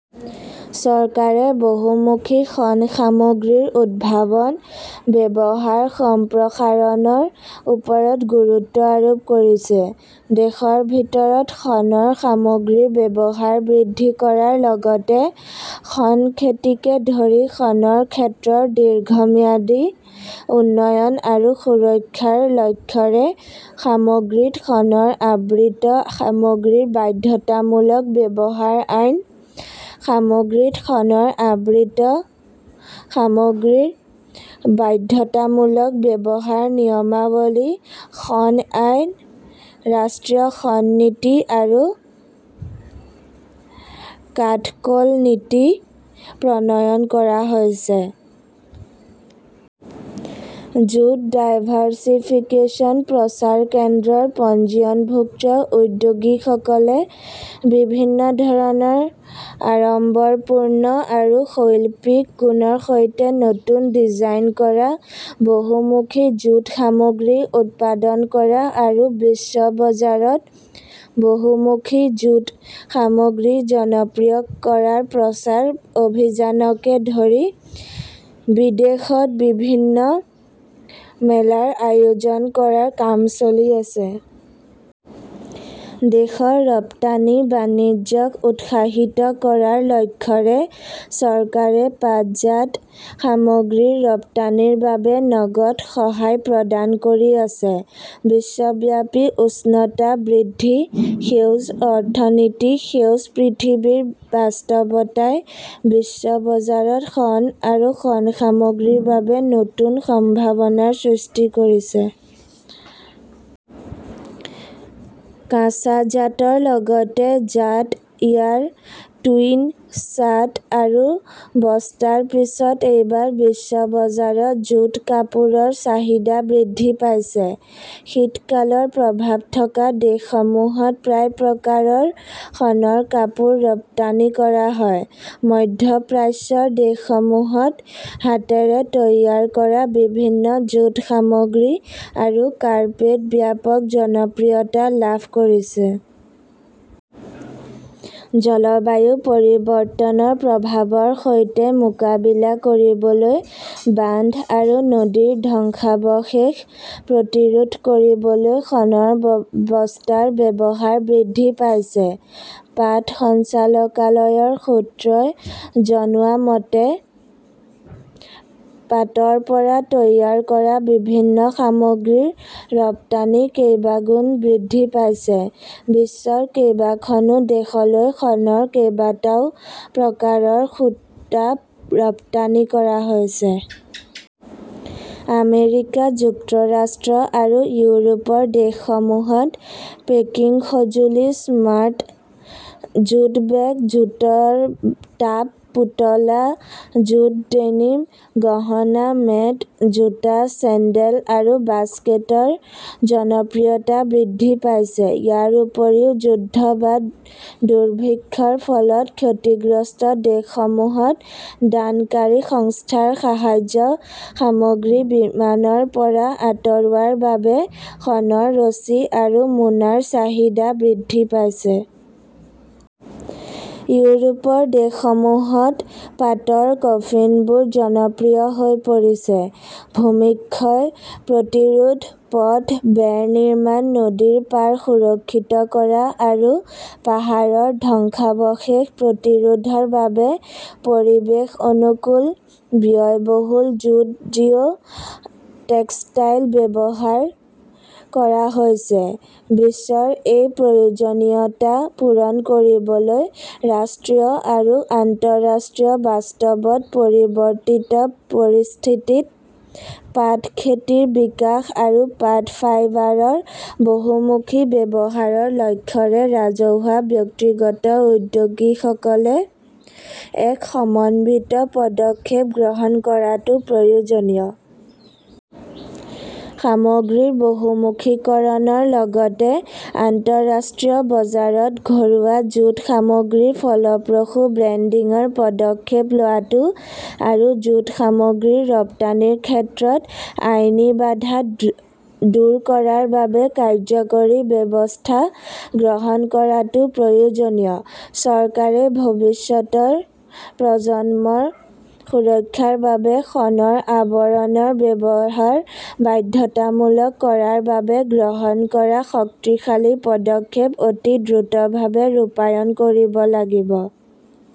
চৰকাৰে বহুমুখী শণ সামগ্ৰীৰ উদ্ভাৱন, ব্যৱহাৰ সম্প্ৰসাৰণৰ ওপৰত গুৰুত্ব আৰোপ কৰিছে। দেশৰ ভিতৰত শণৰ সামগ্ৰীৰ ব্যৱহাৰ বৃদ্ধি কৰাৰ লগতে শণ খেতিকে ধৰি শণৰ ক্ষেত্ৰৰ দীৰ্ঘম্যাদী উন্নয়ন আৰু সুৰক্ষাৰ লক্ষ্যৰে 'সামগ্ৰীত শণৰ আবৃত সামগ্ৰীৰ বাধ্যতামূলক ব্যৱহাৰ আইন,' 'সামগ্ৰীত শণৰ আবৃত সামগ্ৰীৰ বাধ্যতামূলক ব্যৱহাৰ নিয়মাৱলী, ', 'শণ আইন, ', 'ৰাষ্ট্ৰীয় শণ নীতি, ' আৰু 'কাঠক'ল নীতি,' প্ৰণয়ন কৰা হৈছে। জুট ডাইভাৰ্ছিফিকেচন প্ৰচাৰ কেন্দ্ৰৰ পঞ্জীয়নভুক্ত উদ্যোগীসকলে বিভিন্ন ধৰণৰ আড়ম্বৰপূৰ্ণ আৰু শৈল্পিক গুণৰ সৈতে নতুন ডিজাইন কৰা বহুমুখী জুট সামগ্ৰী উৎপাদন কৰা আৰু বিশ্ব বজাৰত বহুমুখী জুট সামগ্ৰী জনপ্ৰিয় কৰাৰ প্ৰচাৰ অভিযানকে ধৰি বিদেশত বিভিন্ন মেলাৰ আয়োজন কৰাৰ কাম চলি আছে। দেশৰ ৰপ্তানি বাণিজ্যক উৎসাহিত কৰাৰ লক্ষ্যৰে চৰকাৰে পাটজাত সামগ্ৰীৰ ৰপ্তানিৰ বাবে নগদ সহায় প্ৰদান কৰি আছে। বিশ্বব্যাপী উষ্ণতা বৃদ্ধি, সেউজ অৰ্থনীতি, সেউজ পৃথিৱীৰ বাস্তৱতাই বিশ্ব বজাৰত শণ আৰু শণ সামগ্ৰীৰ বাবে নতুন সম্ভাৱনাৰ সৃষ্টি কৰিছে। কাঁচা জাটৰ লগতে জাট ইয়াৰ, টুইন, চাট আৰু বস্তাৰ পিছত এইবাৰ বিশ্ব বজাৰত জুট কাপোৰৰ চাহিদা বৃদ্ধি পাইছে। শীতকালৰ প্ৰভাৱ থকা দেশসমূহত প্ৰায় প্ৰকাৰৰ শণৰ কাপোৰ ৰপ্তানি কৰা হয়। মধ্য প্ৰাচ্যৰ দেশসমূহত হাতেৰে তৈয়াৰ কৰা বিভিন্ন জুট সামগ্ৰী আৰু কাৰ্পেট ব্যাপক জনপ্ৰিয়তা লাভ কৰিছে। জলবায়ু পৰিৱৰ্তনৰ প্ৰভাৱৰ সৈতে মোকাবিলা কৰিবলৈ বান্ধ আৰু নদীৰ ধ্বংসাৱশেষ প্ৰতিৰোধ কৰিবলৈ শণৰ বস্তাৰ ব্যৱহাৰ বৃদ্ধি পাইছে। পাট সঞ্চালকালয়ৰ সূত্ৰই জনোৱা মতে, পাটৰ পৰা তৈয়াৰ কৰা বিভিন্ন সামগ্ৰীৰ ৰপ্তানি কেইবাগুণ বৃদ্ধি পাইছে। বিশ্বৰ কেইবাখনো দেশলৈ শণৰ কেইবাটাও প্ৰকাৰৰ সূতা ৰপ্তানি কৰা হৈছে। আমেৰিকা যুক্তৰাষ্ট্ৰ আৰু ইউৰোপৰ দেশসমূহত পেকিং সঁজুলি, স্মাৰ্ট জুট বেগ, জুটৰ টাব, পুতলা, জুট ডেনিম, গহনা, মেট, জোতা, চেণ্ডেল আৰু বাস্কেটৰ জনপ্ৰিয়তা বৃদ্ধি পাইছে। ইয়াৰ উপৰিও যুদ্ধ বা দুৰ্ভিক্ষৰ ফলত ক্ষতিগ্ৰস্ত দেশসমূহত দানকাৰী সংস্থাৰ সাহায্য সামগ্ৰী বিমানৰ পৰা আঁতৰোৱাৰ বাবে শণৰ ৰছী আৰু মোনাৰ চাহিদা বৃদ্ধি পাইছে। ইউৰোপৰ দেশসমূহত পাটৰ কফিনবোৰ জনপ্ৰিয় হৈ পৰিছে। ভূমিক্ষয় প্ৰতিৰোধ, পথ, বেৰ নিৰ্মাণ, নদীৰ পাৰ সুৰক্ষিত কৰা আৰু পাহাৰৰ ধ্বংসাৱশেষ প্ৰতিৰোধৰ বাবে পৰিৱেশ-অনুকূল, ব্যয়বহুল জুট জিঅ ""টেক্সটাইল ব্যৱহাৰ কৰা হৈছে। বিশ্বৰ এই প্ৰয়োজনীয়তা পূৰণ কৰিবলৈ, ৰাষ্ট্ৰীয় আৰু আন্তঃৰাষ্ট্ৰীয় বাস্তৱত, পৰিৱৰ্তিত পৰিস্থিতিত পাট খেতিৰ বিকাশ আৰু পাট ফাইবাৰৰ বহুমুখী ব্যৱহাৰৰ লক্ষ্যৰে ৰাজহুৱা-ব্যক্তিগত উদ্যোগীসকলে এক সমন্বিত পদক্ষেপ গ্ৰহণ কৰাটো প্ৰয়োজনীয়। সামগ্ৰীৰ বহুমুখীকৰণৰ লগতে আন্তঃৰাষ্ট্ৰীয় বজাৰত ঘৰুৱা জুট সামগ্ৰীৰ ফলপ্ৰসূ ব্ৰেণ্ডিংৰ পদক্ষেপ লোৱাটো আৰু জুট সামগ্ৰীৰ ৰপ্তানিৰ ক্ষেত্ৰত আইনী বাধা দূৰ কৰাৰ বাবে কাৰ্যকৰী ব্যৱস্থা গ্ৰহণ কৰাটো প্ৰয়োজনীয়। চৰকাৰে ভৱিষ্যতৰ প্ৰজন্মৰ সুৰক্ষাৰ বাবে শণৰ আৱৰণৰ ব্যৱহাৰ বাধ্যতামূলক কৰাৰ বাবে গ্ৰহণ কৰা শক্তিশালী পদক্ষেপ অতি দ্ৰুতভাৱে ৰূপায়ণ কৰিব লাগিব।